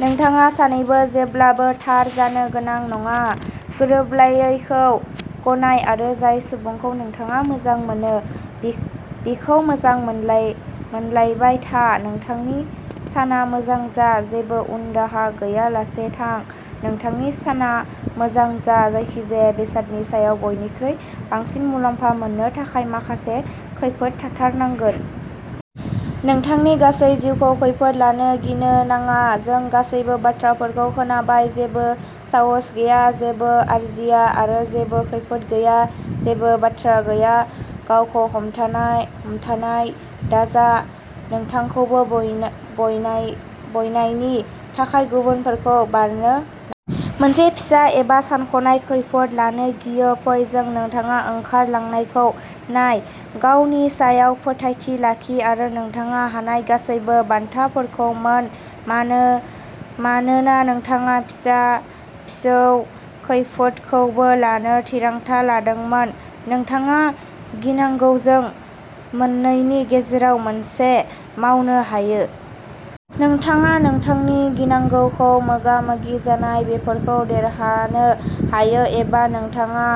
नोंथाङा सानैबो जेब्लाबो थार जानो गोनां नङा। गोरोबलायैखौ गनाय आरो जाय सुबुंखौ नोंथाङा मोजां मोनो, बिखौ मोजां मोनलायबाय था। नोंथांनि साना मोजां जा। जेबो उनदाहा गैयालासे थां। नोंथांनि साना मोजां जा। जायखिजाया बेसादनि सायाव बयनिख्रुइ बांसिन मुलाम्फा मोननो थाखाय, माखासे खैफोद थाथारनांगौ। नोंथांनि गासै जिउखौ खैफोद लानो गिनो नाङा। जों गासैबो बाथ्राफोरखौ खोनाबाय। "जेबो साहस गैया, जेबो आरजिया। " आरो, "जेबो खैफोद गैया, जेबो बान्था गैया। " गावखौ हमथानाय दाजा। नोंथांखौबो बायनायनि थाखाय गुबुनफोरखौ बारनो नाङा। मोनसे फिसा, एबा सानख'नाय खैफोदखौ लानो गियो। फै जों नोंथाङा ओंखारलांनायखौ नाय, गावनि सायाव फोथायथि लाखि आरो नोंथाङा हानाय गासैबो बान्थाफोरखौ मोन मानोना नोंथाङा फिसा-फिसौ खैफोदखौबो लानो थिरांथा लादोंमोन। नोंथाङा गिनांगौजों मोननैनि गेजेराव मोनसे मावनो हायो। नोंथाङा नोंथांनि गिनांगौखौ मोगा-मोगि जाना बेफोरखौ देरहानो हायो, एबा नोंथाङा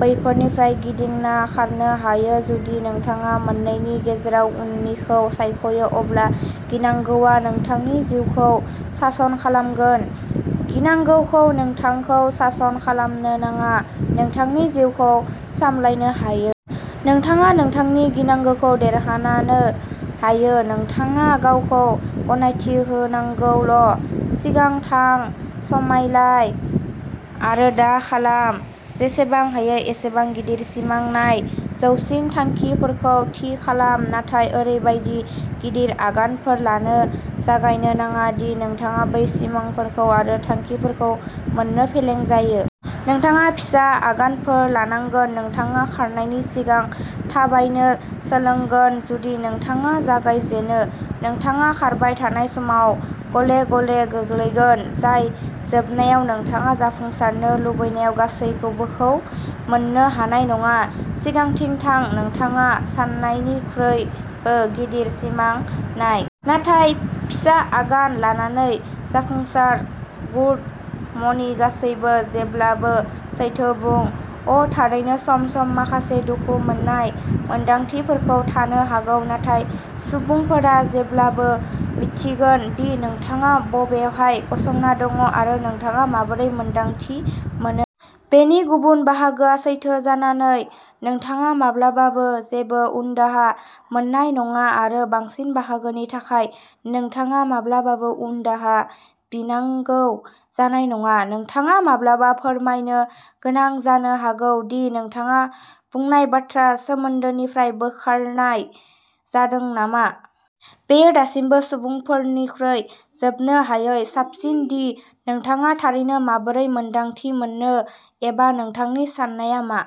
बैफोरनिफ्राय गिदिंना खारनो हायो। जुदि नोंथाङा मोन्नैनि गेजेराव उननिखौ सायख'यो, अब्ला गिनांगौआ नोंथांनि जिउखौ सासन खालामगोन। गिनांगौखौ नोंथांखौ सासन खालामनो नाङा। नोंथांनि जिउखौ सामलायनो हायो। नोंथाङा नोंथांनि गिनांगौखौ देरहानो हायो। नोंथाङा गावखौ गनायथि होनांगौल'। सिगां थां। सामलाय, आरो दा खालाम। जेसेबां हायो एसेबां गिदिर सिमां नाय। जौसिन थांखिफोरखौ थि खालाम। नाथाय ओरैबायदि गिदिर आगानफोर लानो जागायनो नाङा दि नोंथाङा बै सिमांफोर आरो थांखिफोरखौ मोन्नो फेलें जायो। नोंथाङा फिसा आगानफोर लानांगोन। नोंथाङा खारनायनि सिगां थाबायनो सोलोंगोन। जुदि नोंथाङा जागायजेनो। नोंथाङा खारबाय थानाय समाव, गले-गले गोग्लैगोन, जाय जोबनायाव नोंथाङा जाफुंसारनो लुबैनाय गासिबोखौ मोन्नो हानाय नङा। सिगांथिं थां। नोंथाङा साननायनिख्रुइबो गिदिर सिमां नाय। नाथाय फिसा आगान लानानै जाफुंसार। गुड मर्निं गासिबो। जेब्लाबो सैथो बुं। अ'थारैनो सम-सम माखासे दुखु मोननाय मोनदांथिफोर थानो हागौ, नाथाय सुबुंफोरा जेब्लाबो मिन्थिगोन दि नोंथाङा बबेहाय गसंना दं आरो नोंथाङा माबोरै मोन्दांथि मोनो। बेनि गुबुन बाहागोआ, सैथो जानानै नोंथाङा माब्लाबाबो जेबो उनदाहा मोननाय नङा आरो बांसिन बाहागोनि थाखाय नोंथाङा माब्लाबाबो उनदाहा बिनांगौ जानाय नङा। नोंथाङा माब्लाबा फोरमायनो गोनां जानो हागौ दि नोंथाङा बुंनाय बाथ्राखौ सोमोन्दोनिफ्राय बोखारनाय जादों नामा। बेयो दासिमबो सुबुंफोरनिख्रुइ जोबनो हायै साबसिन दि नोंथाङा थारैनो माबोरै मोन्दांथि मोनो, एबा नोंथांनि साननाया मा।